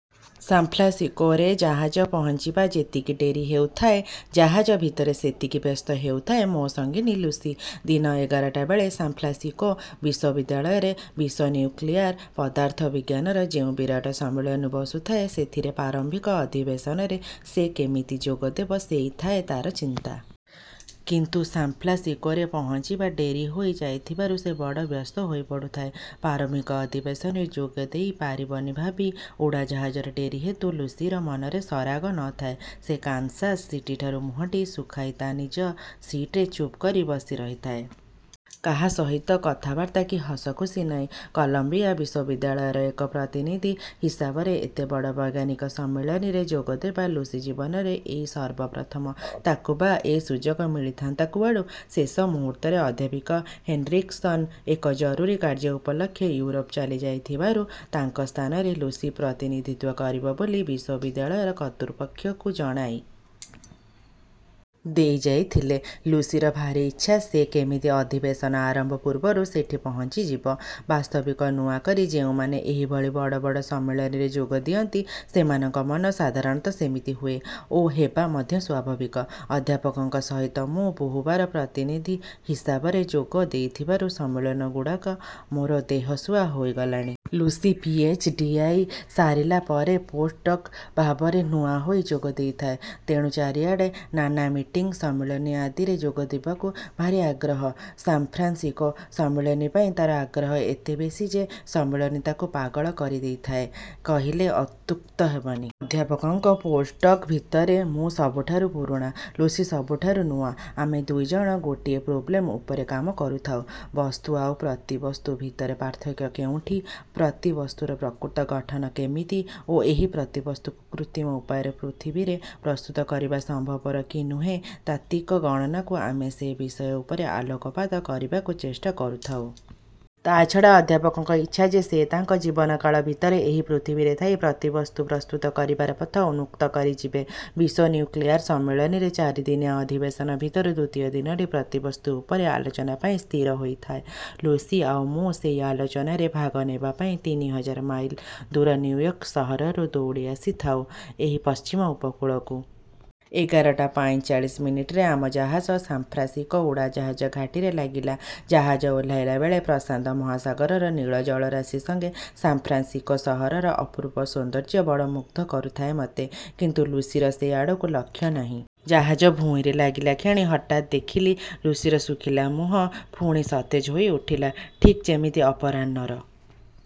ସାନ୍ଫ୍ରାନ୍ସିସକୋରେ ଜାହାଜ ପହଞ୍ଚିବା ଯେତିକି ଡେରି ହେଉଥାଏ, ଜାହାଜ ଭିତରେ ସେତିକି ବ୍ୟସ୍ତ ହେଉଥାଏ ମୋ ସଙ୍ଗିନୀ ଲୁସି। ଦିନ ଏଗାରଟାବେଳେ ସାନ୍ଫ୍ରାନ୍ସିସକୋ ବିଶ୍ୱବିଦ୍ୟାଳୟରେ ବିଶ୍ୱନିଉକ୍ଲିଆର ପଦାର୍ଥ ବିଜ୍ଞାନର ଯେଉଁ ବିରାଟ ସମ୍ମିଳନୀ ବସୁଥାଏ, ସେଥିର ପ୍ରାରମ୍ଭିକ ଅଧିବେଶନରେ ସେ କେମିତି ଯୋଗ ଦେବ, ସେଇ ଥାଏ ତାର ଚିନ୍ତା। କିନ୍ତୁ ସାନ୍ଫ୍ରାନ୍ସିସକୋରେ ପହଞ୍ଚିବା ଡେରି ହୋଇ ଯାଉଥିବାରୁ ସେ ବଡ଼ ବ୍ୟସ୍ତ ହୋଇ ପଡ଼ୁଥାଏ, ପ୍ରାରମ୍ଭିକ ଅଧିବେଶନରେ ଯୋଗଦେଇ ପାରିବନି ଭାବି। ଉଡ଼ାଜାହାଜର ଡେରି ହେତୁ ଲୁସିର ମନରେ ସରାଗ ନ ଥାଏ। ସେ କାନସାସ୍ ସିଟିଠାରୁ ମୁହଟି ଶୁଖାଇ ତା ନିଜ ସିଟରେ ଚୁପ୍କରି ବସି ରହିଥାଏ। କା ସହିତ କଥାବାର୍ତ୍ତା କି ହସଖୁସି ନାହିଁ। କଲମ୍ବିଆ ବିଶ୍ୱବିଦ୍ୟାଳୟର ଏକ ପ୍ରତିନିଧି ହିସାବରେ ଏତେ ବଡ଼ ବୈଜ୍ଞାନିକ ସମ୍ମିଳନୀରେ ଯୋଗଦେବା ଲୁସି ଜୀବନରେ ଏଇ ସର୍ବ ପ୍ରଥମ। ତାକୁ ବା ଏ ସୁଯୋଗ ମିଳିଥାନ୍ତା କୁଆଡ଼ୁ? ଶେଷ ମୁହୂର୍ତ୍ତରେ ଅଧ୍ୟାପକ ହେନେରିକସନ୍ ଏକ ଜରୁରୀ କାର୍ଯ୍ୟ ଉପଲକ୍ଷେ ଇଉରୋପ ଚାଲି ଯାଉଥିବାରୁ ତାଙ୍କ ସ୍ଥାନରେ ଲୁସି ପ୍ରତିନିଧିତ୍ୱ କରିବ ବୋଲି ବିଶ୍ୱବିଦ୍ୟାଳୟ କର୍ତ୍ତ୍ୱପକ୍ଷକୁ ଜଣାଇ। ଦେଇ ଯାଇଥିଲେ। ଲୁସିର ଭାରି ଇଚ୍ଛା ସେ କେମିତି ଅଧିବେଶନ ଆରମ୍ଭ ପୂର୍ବରୁ ସେଠି ପହଞ୍ଚିଯିବ। ବାସ୍ତବିକ୍ ନୂଆ କରି ଯେଉଁମାନେ ଏହି ଭଳି ବଡ଼ ବଡ଼ ସମ୍ମିଳନୀରେ ଯୋଗଦିଅନ୍ତି, ସେମାନଙ୍କ ମନ ସାଧାରଣତଃ ସେମିତି ହୁଏ ଓ ହେବା ମଧ୍ୟ ସ୍ୱାଭାବିକ। ଅଧ୍ୟାପକଙ୍କ ସହିତ ମୁଁ ବହୁ ବାର ପ୍ରତିନିଧି ହିସାବରେ ଯୋଗ ଦେଇଥିବାରୁ ସମ୍ମିଳନୀଗୁଡ଼ାକ ମୋର ଦେହସୁହା ହୋଇ ଗଲାଣି। Lucy P. ଏଚ. ଡି ପାଇ ସାରିଲା ପରେ ପୋଷ୍ଟଡକ୍ ଭାବରେ ନୂଆ ହୋଇ ଯୋଗ ଦେଇଥାଏ। ତେଣୁ ଚାରିଆଡ଼େ ନାନା ମିଟିଂ, ସମ୍ମିଳନୀ ଆଦିରେ ଯୋଗ ଦେବାକୁ ଭାରି ଆଗ୍ରହ। ସାନ୍ଫ୍ରାନ୍ସିସକୋ ସମ୍ମିଳନୀ ପାଇଁ ତା'ର ଆଗ୍ରହ ଏତେ ବେଶି ଯେ ସମ୍ମିଳନୀ ତାକୁ ପାଗଳ କରି ଦେଇ ଥାଏ କହିଲେ ଅତ୍ୟୁକ୍ତ ହେବନି। ଅଧ୍ୟାପକଙ୍କ ପୋଷ୍ଟଡ଼କ୍ ଭିତରେ ମୁଁ ସବୁଠାରୁ ପୁରୁଣା; ଲୁସି ସବୁଠାରୁ ନୂଆ। ଆମେ ଦୁଇ ଜଣ ଗୋଟିଏ ପ୍ରୋବ୍ଲେମ୍ ଉପରେ କାମ କରୁଥାଉଁ। ବସ୍ତୁ ଆଉ ପ୍ରତି ବସ୍ତୁ ଭିତରେ ପାର୍ଥକ୍ୟ କେଉଁଠି? ପ୍ରତିବସ୍ତୁର ପ୍ରକୃତ ଗଠନ କେମିତି ଓ ଏହି ପ୍ରତିବସ୍ତୁକୁ କୃତ୍ରିମ ଉପାୟରେ ପୃଥିବୀରେ ପ୍ରସ୍ତୁତ କରିବା ସମ୍ଭବପର କି ନୁହେଁ, ତାତ୍ତ୍ୱିକ ଗଣନାରୁ ଆମେ ସେ ବିଷୟଉପରେ ଆଲୋକପାତ କରିବାକୁ ଚେଷ୍ଟା କରୁଥାଉଁ। ତା ଛଡ଼ା ଅଧ୍ୟାପକଙ୍କ ଇଚ୍ଛା ଯେ ସେ ତାଙ୍କ ଜୀବନକାଳ ଭିତରେ ଏହି ପୃଥିବୀରେ ଥାଇ ପ୍ରତିବସ୍ତୁ ପ୍ରସ୍ତୁତ କରିବାର ପଥ ଉନ୍ମୁକ୍ତ କରି ଯିବେ। ବିଶ୍ୱନିଉକ୍ଲିଆର ସମ୍ମିଳନୀର ଚାରିଦିନିଆ ଅଧିବେଶନ ଭିତରୁ ଦ୍ୱିତୀୟ ଦିନଟି ପ୍ରତିବସ୍ତୁ ଉପରେ ଆଲୋଚନା ପାଇଁ ସ୍ଥିର ହୋଇଥାଏ। ଲୁସି ଆଉ ମୁଁ ସେଇ ଆଲୋଚନାରେ ଭାଗ ନେବା ପାଇଁ ତିନି ହଜାର ମାଇଲ ଦୂରନିଉୟର୍କ ସହରରୁ ଦୌଡ଼ି ଆସି ଥାଉଁ ଏହି ପଶ୍ଚିମ ଉପକୁଳକୁ। ଏଗାରଟା ପାଇଁ ଚାଳିଶ ମିନିଟ୍ ରେ ଆମ ଜାହାଜ ସାନ୍ଫ୍ରାନ୍ସିସକୋ ଉଡ଼ାଜାହାଜ ଘାଟିରେ ଲାଗିଲା। ଜାହାଜ ଓହ୍ଲାଇଲା ବେଳେ ପ୍ରଶାନ୍ତ ମହାସାଗରର ନୀଳ ଜଳରାଶି ସଙ୍ଗେ ସାନ୍ଫ୍ରାନ୍ସିସକୋ ସହରର ଅପୂର୍ବ ସୌନ୍ଦର୍ଯ୍ୟ ବଡ଼ ମୁଗ୍ଧ କରୁଥାଏ ମୋତେ; କିନ୍ତୁ ଲୁସିର ସେ ଆଡ଼କୁ ଲକ୍ଷ୍ୟ ନାହିଁ। ଜାହାଜ ଭୂଇଁରେ ଲାଗିଲାକ୍ଷଣି ହଠାତ୍ ଦେଖିଲି ଲୁସିର ଶୁଖିଲା ମୁହଁ ପୁଣି ସତେଜ ହୋଇ ଉଠିଲା, ଠିକ୍ ଯେମିତି ଅପରାହ୍ନର